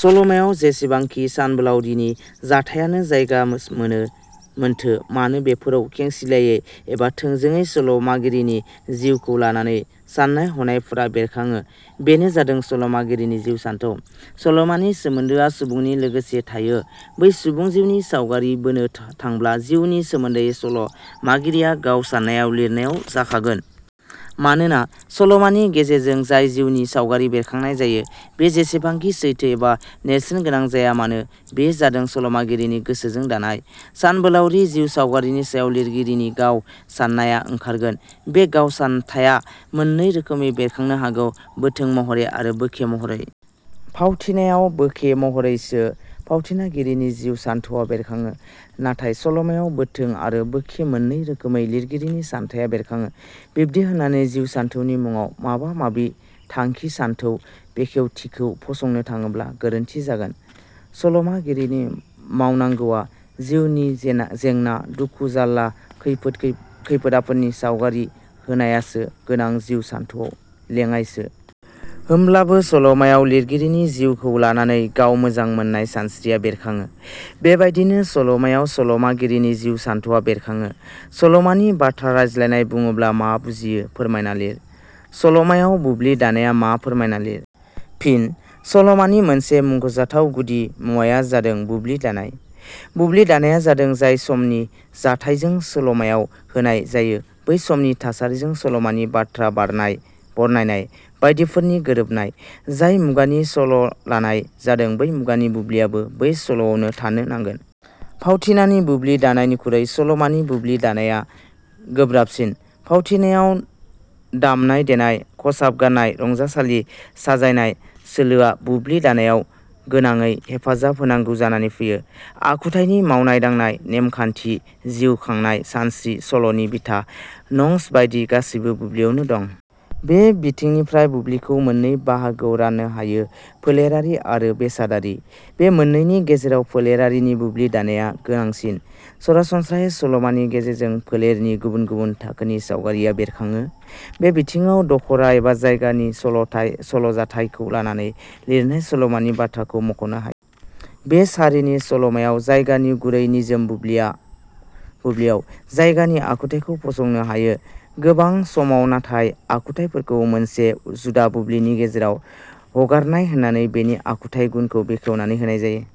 सल'मायाव जेसेबांखि सानबोलावरिनि जाथाइयानो जायगा मोनो मोनथो मानो बेफोराव खेंसिलायायै एबा थोंजो सल 'मागिरिनि जिउखौ लानानै साननाय हनायफोरा बेरखाङो बेनो जादों सल'मागिरिनि जिउ सानथौ। सलमानि सोमोन्दोआ सुबुंनि लोगोसे थायो। बै सुबुं जिउनि सावगारि बोनो थांबला जिउनि सोमोन्दै सल 'मागिरि गाव सानथाया लिरनायाव जाखांगोन। मानोना, सलमानि गेजेरजों जाय जिउनि सावगारि बेरखांनाय जायो, बेयो जेसेबांखि सैथो एबा नेरसोनगोनां जायामानो बेयो जादों सल'मागिरिनि गोसोजों दानाय। सानबोलाउरि जिउ सावगारिनि सायाव लिरगिरिनि गाव साननाया ओंखारगोन, बे गाव सानथाया मोननै रोखोमै बेरखांनो हागौ- बोथों महरै आरो बोखे महरै। फावथिनायाव बोखे महरैसो फावथिनागिरिनि जिउ सानथौवा बेरखाङो। नाथाय सलमायाव बोथों आरो बोखे मोननै रोखोमै लिरगिरिनि सानथाया बेरखाङो, बिब्दि होननानै जिउ सानथौनि मुङाव माबा थांखि सानथौ बेखेवथिखौ फसंनो थाङोब्ला गोरोन्थि जागोन। सल 'मागिरिनि मावनांगौवा जिउनि जेंना, दुखु, जाल्ला, खैफोद आफोदनि सावगारि होनायासो गोनां, जिउ सानथौवा लेङाइसो। होमब्लाबो सल'मायाव' लिरगिरिनि जिउखौ लानानै गाव मोजां मोननाय सानस्रिया बेरखाङो, बेबादियैनो सल 'मायाव सल 'मागिरिनि जिउ सानथौवा बेरखाङो। सल 'मानि बाथ्रा रायज्लायनाय बुङोब्ला मा बुजियो फोरमायना लिर। सल 'मायाव बुब्लि दानाया मा फोरमायना लिर। फिन: सल 'मानि मोनसे मख'जाथाव गुदि मुवाया जादों बुब्लि दानाय। बुब्लि दानाया जादों जाय समनि जाथाइखौ सल 'मायाव होनाय जायो बै समनि थासारिजों सलमानि बाथ्रा, बरनायनाय बायदिफोरनि गोरोबनाय। जाय मुगानि सल' लानाय जादों बै मुगानि बुब्लियाबो बै सल'आव थानो नांगोन। फावथिनानि बुब्लि दानायनिखुइ सलमानि बुब्लि दानाया गोब्राबसिन फावथिनायाव दामनाय देनाय, खसाब गाननाय रंजासालि साजायनाय सोलोआ बुब्लि दानायाव गोनाङै हेफाजाब होनांगौ जानानै फैयो। आखुथाइनि मावनाय दांनाय, नेमखान्थि जिउ खांनाय सानस्रि, सल 'नि बिथा, नसं बायदि गासैबो बुब्लियावनो दं। बे बिथिंनिफ्राय बुब्लिखौ मोननै बाहागोआव राननो हायो- फोलेरारि आरो बेसादारि। बे मोननैनि गेजेराव फोलेरारि बुब्लि दानाया गोनांसिन। सरासनस्रायै सल'मानि गेजेरजों फोलेरनि गुबुन गुबुन थाखोनि सावगारिया बेरखाङो। बे बिथिङाव दखरा एबा जायगानि सल' जाथायखौ लानानै लिरनाय सल 'मानि, बाथ्राखौ मख 'नो हायो। बे सारिनि सल 'मायाव जायगानि गुरै निजोम बुब्लियाव जायगानि आखुथाइखौ फसंनो हायो। गोबां समाव नाथाय आखुथाइफोरखौ मोनसे जुदा बुब्लिनि गेजेराव हगारनाय होनानै बेनि आखुथाइ गुनखौ बेखेवनानै होनाय जायो।